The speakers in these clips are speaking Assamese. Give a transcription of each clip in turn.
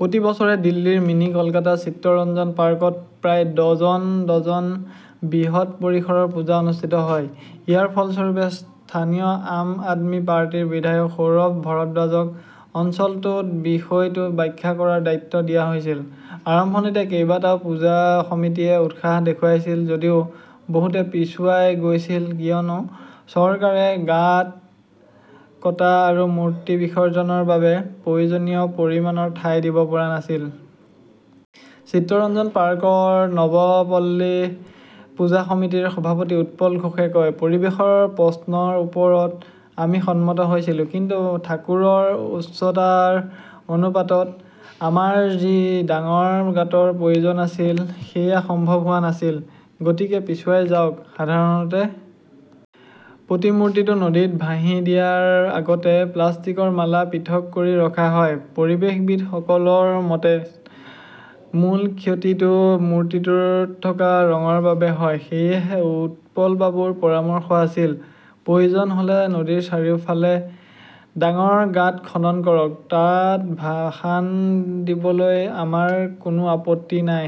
প্ৰতি বছৰে দিল্লীৰ মিনি কলকাতা চিত্তৰঞ্জন পাৰ্কত প্ৰায় ডজন, ডজন বৃহৎ পৰিসৰৰ পূজা অনুষ্ঠিত হয়। ইয়াৰ ফলস্বৰূপে স্থানীয় আম আদমি পাৰ্টিৰ বিধায়ক সৌৰভ ভৰদ্বাজক অঞ্চলটোত বিষয়টো ব্যাখ্যা কৰাৰ দায়িত্ব দিয়া হৈছিল। আৰম্ভণিতে কেইবাটাও পূজা সমিতিয়ে উৎসাহ দেখুৱাইছিল যদিও বহুতে পিছুৱাই গৈছিল কিয়নো চৰকাৰে গাঁত কটা আৰু মূৰ্তি বিসৰ্জনৰ বাবে প্ৰয়োজনীয় পৰিমাণৰ ঠাই দিব পৰা নাছিল। চিত্ৰৰঞ্জন পাৰ্কৰ নৱ পল্লী পূজা সমিতিৰ সভাপতি উৎপল ঘোষে কয়, পৰিৱেশৰ প্ৰশ্নৰ ওপৰত আমি সন্মত হৈছিলো। কিন্তু ঠাকুৰৰ উচ্চতাৰ অনুপাতত আমাৰ যি ডাঙৰ গাঁতৰ প্ৰয়োজন আছিল সেয়া সম্ভৱ হোৱা নাছিল। গতিকে পিছুৱাই যাওক। সাধাৰণতে প্ৰতিমূৰ্তিটো নদীত ভাহি দিয়াৰ আগতে প্লাষ্টিকৰ মালা পৃথক কৰি ৰখা হয়। পৰিৱেশবিদসকলৰ মতে মূল ক্ষতিটো মূৰ্তিটোত থকা ৰঙৰ বাবে হয়। সেয়েহে উৎপলবাবুৰ পৰামৰ্শ আছিল, প্ৰয়োজন হলে নদীৰ চাৰিওফালে ডাঙৰ গাঁত খনন কৰক। তাত ভাসান দিবলৈ আমাৰ কোনো আপত্তি নাই।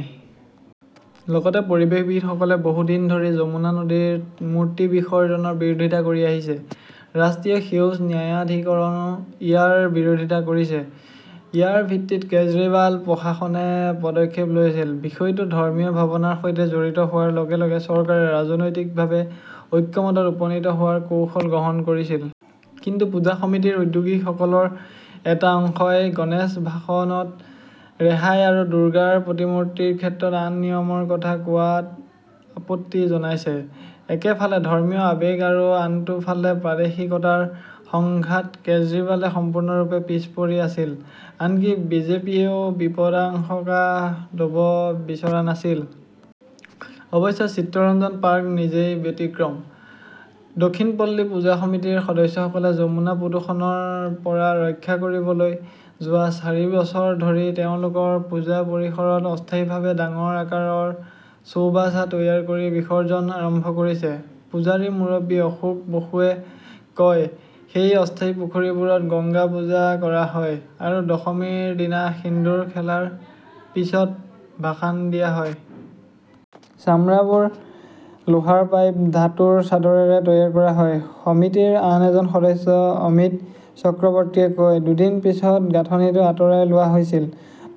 লগতে পৰিৱেশবিদসকলে বহু দিন ধৰি যমুনা নদীত মূৰ্তি বিসৰ্জনৰ বিৰোধিতা কৰি আহিছে। ৰাষ্ট্ৰীয় সেউজ ন্যায়াধিকৰণো ইয়াৰ বিৰোধিতা কৰিছে। ইয়াৰ ভিত্তিত কেজৰিৱাল প্ৰশাসনে পদক্ষেপ লৈছিল। বিষয়টো ধৰ্মীয় ভাৱনাৰ সৈতে জড়িত হোৱাৰ লগে লগে চৰকাৰে ৰাজনৈতিকভাৱে ঐক্যমতত উপনীত হোৱাৰ কৌশল গ্ৰহণ কৰিছিল। কিন্তু পূজা সমিতিৰ উদ্যোগীসকলৰ এটা অংশই গণেশ ভাসনত ৰেহাই আৰু দুৰ্গাৰ প্ৰতিমূৰ্তিৰ ক্ষেত্ৰত আন নিয়মৰ কথা কোৱাত আপত্তি জনাইছে। একেফালে ধৰ্মীয় আৱেগ আৰু আনটো ফালে প্ৰাদেশিকতাৰ সংঘাত-কেজৰিৱালে সম্পূৰ্ণৰূপে পিছ পৰি আছিল। আনকি বিজেপিয়েও বিপদাশংকা লব বিচৰা নাছিল। অৱশ্যে, চিত্তৰঞ্জন পাৰ্ক নিজেই ব্যতিক্ৰম। দক্ষিণ পল্লী পূজা সমিতিৰ সদস্যসকলে যমুনা প্ৰদূষণৰ পৰা ৰক্ষা কৰিবলৈ যোৱা চাৰি বছৰ ধৰি তেওঁলোকৰ পূজা পৰিসৰত অস্থায়ীভাৱে ডাঙৰ আকাৰৰ চৌবাচা তৈয়াৰ কৰি বিসৰ্জন আৰম্ভ কৰিছে। পূজাৰ মুৰব্বী অশোক বসুৱে কয়, সেই অস্থায়ী পুখুৰীবোৰত গংগা পূজা কৰা হয় আৰু দশমীৰ দিনা সেন্দুৰ খেলাৰ পিছত ভাসান দিয়া হয়। চামৰাবোৰ লোহাৰ পাইপ, ধাতুৰ চাদৰেৰে তৈয়াৰ কৰা হয়। সমিতিৰ আন এজন সদস্য অমিত চক্ৰৱৰ্তীয়ে কয়, দুদিন পিছত গাঁথনিটো আঁতৰাই লোৱা হৈছিল।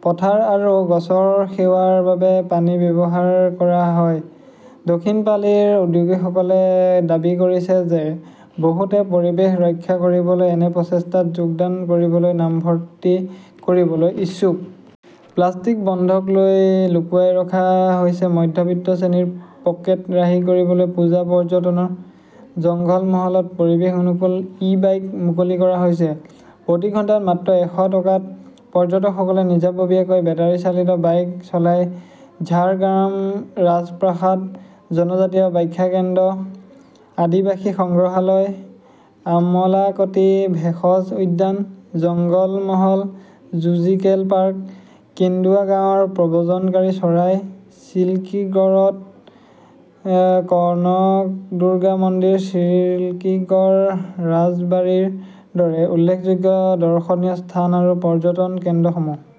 পথাৰ আৰু গছৰ সেৱাৰ বাবে পানী ব্যৱহাৰ কৰা হয়। দক্ষিণ পালিৰ উদ্যোগীসকলে দাবী কৰিছে যে বহুতে পৰিৱেশ ৰক্ষা কৰিবলৈ এনে প্ৰচেষ্টাত যোগদান কৰিবলৈ নামভৰ্তি কৰিবলৈ ইচ্ছুক। প্লাষ্টিক বন্ধক লৈ লুকুৱাই ৰখা হৈছে মধ্যবিত্ত শ্ৰেণীৰ পকেট ৰাহি কৰিবলৈ পূজা পৰ্যটনৰ জংঘলমহলত পৰিৱেশ অনুকূল ই-বাইক মুকলি কৰা হৈছে। প্ৰতি ঘণ্টাত মাত্ৰ এশ টকাত পৰ্যটকসকলে নিজাববীয়াকৈ বেটাৰি-চালিত বাইক চলাই ঝাৰগ্ৰাম ৰাজপ্ৰাসাদ, জনজাতীয় ব্যাখ্যা কেন্দ্ৰ, আদিবাসী সংগ্ৰহালয়, আমলাকটি ভেষজ উদ্যান, জঙ্গলমহল জুজিকেল পাৰ্ক, কেন্দুৱা গাঁৱৰ প্ৰব্ৰজনকাৰী চৰাই, চিল্কিগড়ৰ কনকদুৰ্গা মন্দিৰ, চিল্কিগড় ৰাজবাৰীৰ দৰে উল্লেখযোগ্য দৰ্শনীয় স্থান আৰু পৰ্যটন কেন্দ্ৰসমূহ।